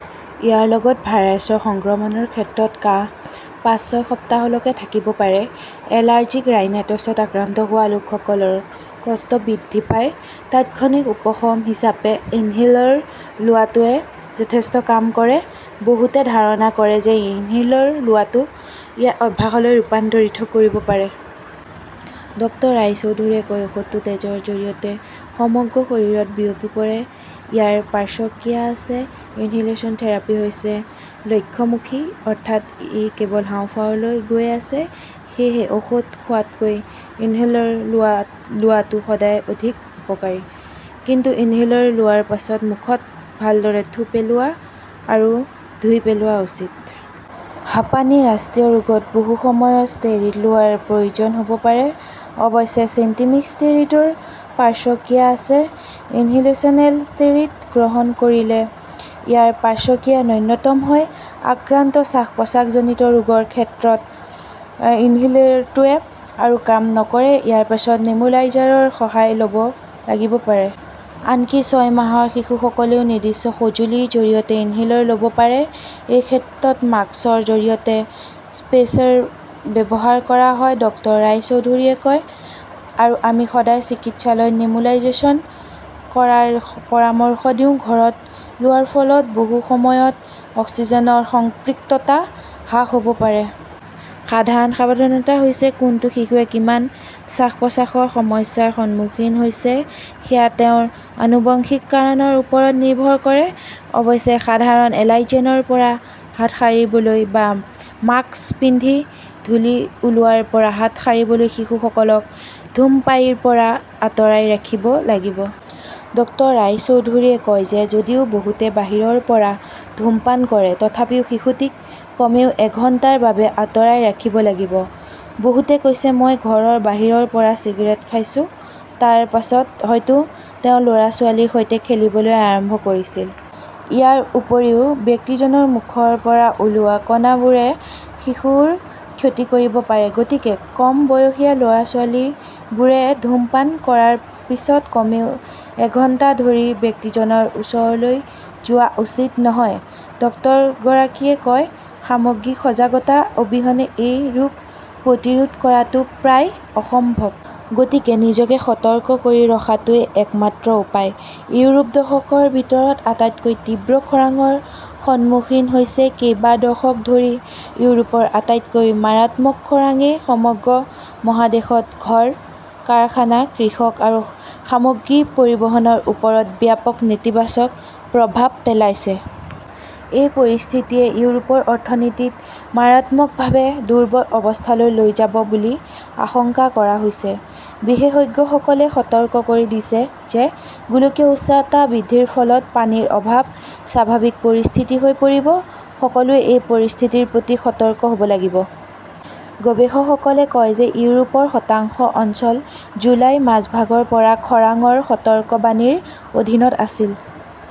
ইয়াৰ লগত ভাইৰাছৰ সংক্ৰমণৰ ক্ষেত্ৰত কাহ পাঁচ-ছয় সপ্তাহলৈকে থাকিব পাৰে। এলাৰ্জিক ৰাইনাইটছত আক্ৰান্ত হোৱা লোকসকলৰ কষ্ট বৃদ্ধি পায়। তাৎক্ষণিক উপশম হিচাপে ইনহেলৰ লোৱাটোৱে যথেষ্ট কাম কৰে। বহুতে ধাৰণা কৰে যে ইনহেলৰ লোৱাটোৱে ইয়াক অভ্যাসলৈ ৰূপান্তৰিত কৰিব পাৰে। কিন্তু ডাঃ ৰায়চৌধৰীয়ে কয়, "ঔষধটো তেজৰ জৰিয়তে সমগ্ৰ শৰীৰত বিয়পি পৰে, ইয়াৰ পাৰ্শ্বক্ৰিয়া আছে। ইনহেলেশ্যন থেৰাপী হৈছে লক্ষ্য-মুখী। অৰ্থাৎ ই কেৱল হাঁওফাঁওলৈ গৈ আছে। সেয়েহে ঔষধ খোৱাতকৈ ইনহেলৰ লোৱাটো সদায় অধিক উপকাৰী। কিন্তু ইনহেলৰ লোৱাৰ পিছত মুখত ভালদৰে থু পেলোৱা আৰু ধুই পেলোৱা উচিত। হাঁপানীৰ ৰাষ্ট্ৰীয় ৰোগত বহু সময়ত ষ্টেৰইড লোৱাৰ প্ৰয়োজন হ'ব পাৰে। অৱশ্যে, চিষ্টেমিক ষ্টেৰইডৰ পাৰ্শ্বক্ৰিয়া আছে। ইনহেলেচনেল ষ্টেৰইড গ্ৰহণ কৰিলে ইয়াৰ পাৰ্শ্বক্ৰিয়া ন্যূনতম হয়। আক্ৰান্ত শ্বাস-প্ৰশ্বাসজনিত ৰোগৰ ক্ষেত্ৰত ইনহেলৰটোৱে আৰু কাম নকৰে। তাৰ পিছত নেবুলাইজাৰৰ সহায় ল'ব লাগিব পাৰে। আনকি ছয় মাহৰ শিশুসকলেও নিৰ্দিষ্ট সঁজুলিৰ জৰিয়তে ইনহেলৰ ল'ব পাৰে। এই ক্ষেত্ৰত মাস্কৰ সৈতে স্পেচাৰ ব্যৱহাৰ কৰা হয় ", ডাঃ ৰায়চৌধৰীয়ে কয়। আৰু আমি সদায় চিকিৎসালয়ত নেবুলাইজেচন কৰাৰ পৰামৰ্শ দিওঁ। ঘৰত লোৱাৰ ফলত বহু সময়ত অক্সিজেনৰ সংপৃক্ততা হ্ৰাস হ'ব পাৰে। সাধাৰণ সাৱধানতা হৈছে কোনটো শিশুৱে কিমান শ্বাস-প্ৰশ্বাসৰ সমস্যাৰ সন্মুখীন হৈছে সেয়া তেওঁৰ আনুবংশিক কাৰণৰ ওপৰত নিৰ্ভৰ কৰে। অৱশ্যে, সাধাৰণ এলাৰ্জেনৰ পৰা হাত সাৰিবলৈ বা মাস্ক পিন্ধি ধূলি ওলোৱাৰ পৰা হাত সাৰিবলৈ শিশুসকলক ধূমপায়ীৰ পৰা আঁতৰাই ৰাখিব লাগিব। ডাঃ ৰায়চৌধৰীয়ে কয় যে যদিও বহুতে বাহিৰৰ পৰা ধূমপান কৰে, তথাপিও শিশুটিক কমেও এঘণ্টাৰ বাবে আঁতৰাই ৰাখিব লাগিব। বহুতে কৈছিল, 'মই ঘৰৰ বাহিৰৰ পৰা চিগাৰেট খাইছো। তাৰ পিছত হয়তো তেওঁ ল'ৰা-ছোৱালীৰ সৈতে খেলিবলৈ আৰম্ভ কৰিছিল। ইয়াৰ উপৰিও, ব্যক্তিজনৰ মুখৰ পৰা ওলোৱা কণাবোৰে শিশুৰ ক্ষতি কৰিব পাৰে। গতিকে কম বয়সীয়া ল'ৰা-ছোৱালীবোৰে ধূমপান কৰাৰ পিছত কমেও এঘণ্টা ধৰি ব্যক্তিজনৰ ওচৰলৈ যোৱা উচিত নহয়", ডাঃগৰাকীয়ে কয়। সামগ্ৰিক সজাগতা অবিহনে এই ৰোগ প্ৰতিৰোধ কৰাটো প্ৰায় অসম্ভৱ। গতিকে নিজকে সতৰ্ক কৰি ৰখাটোৱেই একমাত্ৰ উপায়। ইউৰোপ দশকৰ ভিতৰত আটাইতকৈ তীব্ৰ খৰাংৰ সন্মুখীন হৈছে কেইবা দশক ধৰি ইউৰোপৰ আটাইতকৈ মাৰাত্মক খৰাংয়ে সমগ্ৰ মহাদেশত ঘৰ, কাৰখানা, কৃষক আৰু সামগ্ৰী পৰিবহণৰ ওপৰত ব্যাপক নেতিবাচক প্ৰভাৱ পেলাইছে। এই পৰিস্থিতিয়ে ইউৰোপৰ অৰ্থনীতিক মাৰাত্মকভাৱে দুৰ্বল অৱস্থালৈ লৈ যাব বুলি আশংকা কৰা হৈছে। বিশেষজ্ঞসকলে সতৰ্ক কৰি দিয়ে যে গোলকীয় উষ্ণতা বৃদ্ধিৰ ফলত পানীৰ অভাৱ 'স্বাভাৱিক পৰিস্থিতি ' হৈ পৰিব। সকলোৱে এই পৰিস্থিতিৰ প্ৰতি সতৰ্ক হ'ব লাগিব। গৱেষকসকলে কয় যে ইউৰোপৰ শতাংশ অঞ্চল জুলাইৰ মাজভাগৰ পৰা খৰাংৰ সতৰ্কবাণীৰ অধীনত আছিল।